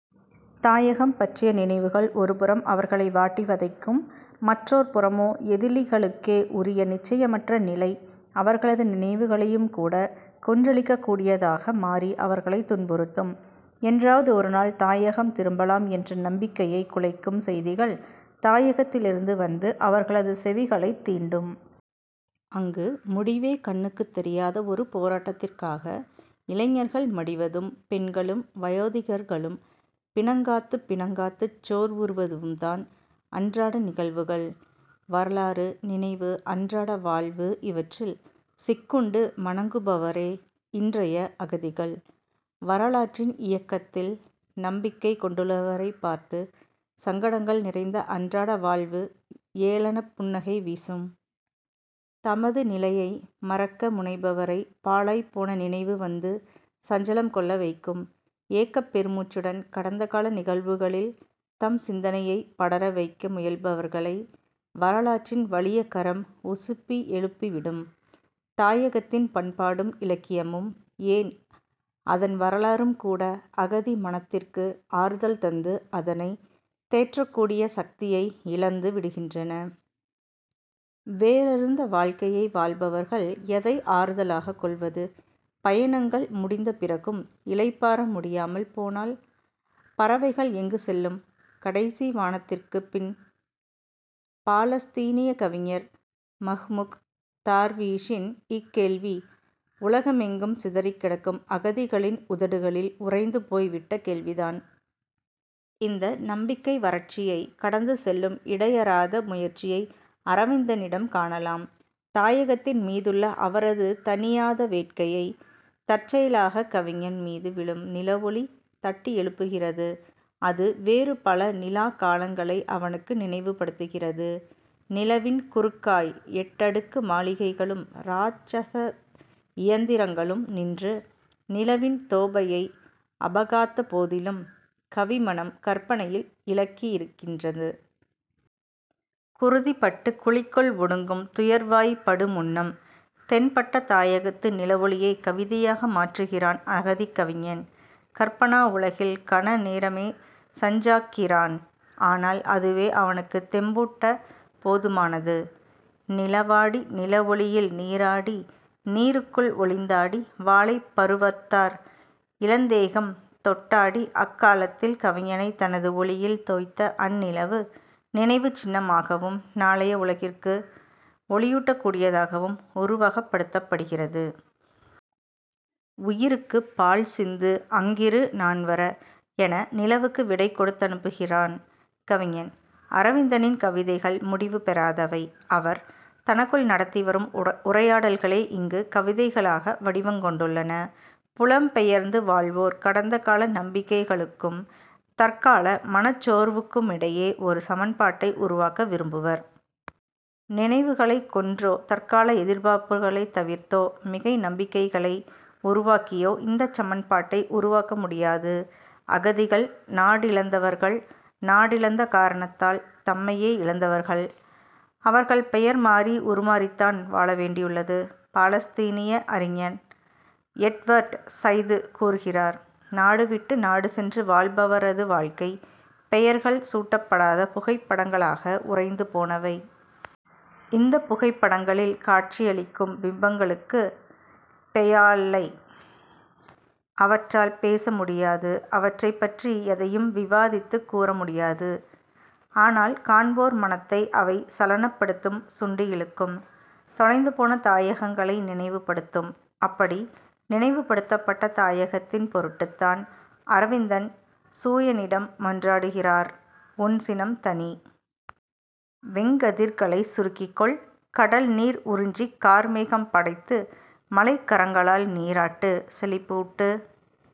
தாயகம் பற்றிய நினைவுகள் ஒருபுறம் அவர்களை வாட்டி வதைக்கும். மற்றோர் புறமோ எதிலிகளுக்கே உரிய நிச்சயமற்ற நிலை அவர்களது நினைவுகளையும் கூட கொன்றழிக்கக் கூடியதாக மாறி அவர்களைத் துன்புறுத்தும். என்றாவது ஒருநாள் தாயகம் திரும்பலாம் என்ற நம்பிக்கையைக் குலைக்கும் செய்திகள் தாயகத்திலிருந்து வந்து, அவர்களது செவிகளைத் தீண்டும். அங்கு முடிவே கண்ணுக்குத் தொயாத ஒரு போராட்டத்திற்காக இளைஞர்கள் மடிவதும் பெண்களும் வயோதிகர்களும் பிணங்காத்துப் பிணங்காத்துச் சோர்வுறுவதும்தான் அன்றாட நிகழ்வுகள். வரலாறு, நினைவு, அன்றாட வாழ்வு இவற்றில் சிக்குண்டு மனங்குமுறுபவரே இன்றைய அகதிகள். வரலாற்றின் இயக்கத்தில் நம்பிக்கை கொண்டுள்ளவரைப் பார்த்து சங்கடங்கள் நிறைந்த அன்றாட வாழ்வு ஏளனப் புன்னகை வீசும். தமது நிலையை மறக்க முனைபவரைப் பாழாய்ப் போன நினைவு வந்து சஞ்சலம் கொள்ள வைக்கும். ஏக்கப் பெருமூச்சுடன் கடந்தகால நினைவுகளில் தம் சிந்தனையைப் படர வைக்க முயல்பவர்களை வரலாற்றின் வலிய கரம் உசுப்பி எழுப்பி விடும். தாயகத்தின் பண்பாடும் இலக்கியமும், ஏன் அதன் வரலாறும் கூட, அகதி மனத்திற்கு ஆறுதல் தந்து அதனைத் தேற்றக்கூடிய சக்தியை இழந்து விடுகின்றன. வேரறுந்த வாழ்க்கையை வாழ்பவர்கள் எதை ஆறுதலாகக் கொள்வது? பயணங்கள் முடிந்த பிறகும் இளைப்பாற முடியாமல் போனால்? "பறவைகள் எங்கு செல்லும், கடைசி வானத்திற்குப் பின்? " பாலஸ்தீனியக் கவிஞர் மஹ்மூக் தார்வீஷின் இக்கேள்வி உலகமெங்கும் சிதறிக் கிடக்கும் அகதிகளின் உதடுகளில் உறைந்து போய் விட்ட கேள்விதான். இந்த நம்பிக்கை வறட்சியைக் கடந்து செல்லும் இடையறாத முயற்சியை அரவிந்தனிடம் காணலாம். தாயகத்தின் மீதுள்ள அவரது தணியாத வேட்கையை, தற்செயலாகக் கவிஞன் மீது விழும் நிலவொளி தட்டியெழுப்புகிறது. அது வேறுபல நிலாக் காலங்களை அவனுக்கு நினைவுபடுத்துகிறது. "நிலவின் குறுக்காய்" எட்டடுக்கு மாளிகைகளும் இராட்சத இயந்திரங்களும் நின்று நிலவின் தோபையை அபகாத்த போதிலும் கவி மனம் கற்பனையில் இலயிக்கின்றது. 'குருதிபட்டு குழிக்குள் ஒடுங்கும் துயர்வாய்ப் படுமுன்னம்' தென்பட்ட தாயகத்து நிலவொளியைக் கவிதையாக மாற்றுகிறான் அகதிக் கவிஞன். கற்பனா உலகில் கண நேரமே சஞ்சாக்கிறான். ஆனால் அதுவே அவனுக்குத் தெம்பூட்டப் போதுமானது: நிலவாடி நிலவொளியில் நீராடி நீருக்குள் ஒளிந்தாடி வாலைப் பருவத்தார் இளந்தேகம் தொட்டாடி அக்காலத்தில் கவிஞனை தனது ஒளியில் 'தோய்ந்த' அந்நிலவு, நினைவுச் சின்னமாகவும் நாளைய உலகிற்கு ஒளியூட்டக் கூடியதாகவும் உருவகப்படுத்தப்படுகிறது. உயிருக்கு பால் சிந்து அங்கிரு நான் வர..... என்று நிலவுக்கு விடை கொடுத்தனுப்புகிறான் கவிஞன். அரவிந்தனின் கவிதைகள் முடிவு பெறாதவை. அவர் தனக்குள் நடத்தி வரும் உரையாடல்களே இங்கு கவிதைகளாக வடிவங் கொண்டுள்ளன. புலம் பெயர்ந்து வாழ்வோர் கடந்தகால நம்பிக்கைகளுக்கும் தற்கால மனச்சோர்வுக்குமிடையே ஒரு சமன்பாட்டை உருவாக்க விரும்புவர். நினைவுகளைக் கொன்றோ, தற்கால எதிர்பார்ப்புகளைத் தவிர்த்தோ, மிகை நம்பிக்கைகளை உருவாக்கியோ இந்தச் சமன்பாட்டை உருவாக்க முடியாது. அகதிகள் நாடிழந்தவர்கள்; நாடிழந்த காரணத்தால் தம்மையே இழந்தவர்கள். அவர்கள் பெயர் மாறி, உருமாறித்தான் வாழ வேண்டியுள்ளது. பாலஸ்தீனிய அறிஞர் எட்வர்ட் சய்து கூறுகிறார்: நாடு விட்டு நாடு சென்று வாழ்பவரது வாழ்க்கை, பெயர்கள் சூட்டப்படாத புகைப்படங்களாக உறைந்து போனவை. இந்தப் புகைப்படங்களில் காட்சியளிக்கும் பிம்பங்களுக்குப் பெயால்லை. அவற்றால் பேச முடியாது. அவற்றைப் பற்றி எதையும் விவாத்துக் கூற முடியாது. ஆனால் காண்போர் மனத்தை அவை சலனப்படுத்தும் சுண்டியிழுக்கும். தொலைந்துபோன தாயகங்களை நினைவுபடுத்தும். அப்படி நினைவுபடுத்தப்பட்ட தாயகத்தின் பொருட்டுத் தான் அரவிந்தன் சூயனிடம் மன்றாடுகிறார், உன் சினம் தணி! வெங்கதிர்களை சுருக்கிக் கொள்! கடல் நீர் உறிஞ்சி கார்மேகம் படைத்து மழைக்கரங்களால் நீராட்டு, செழிப்பூட்டு,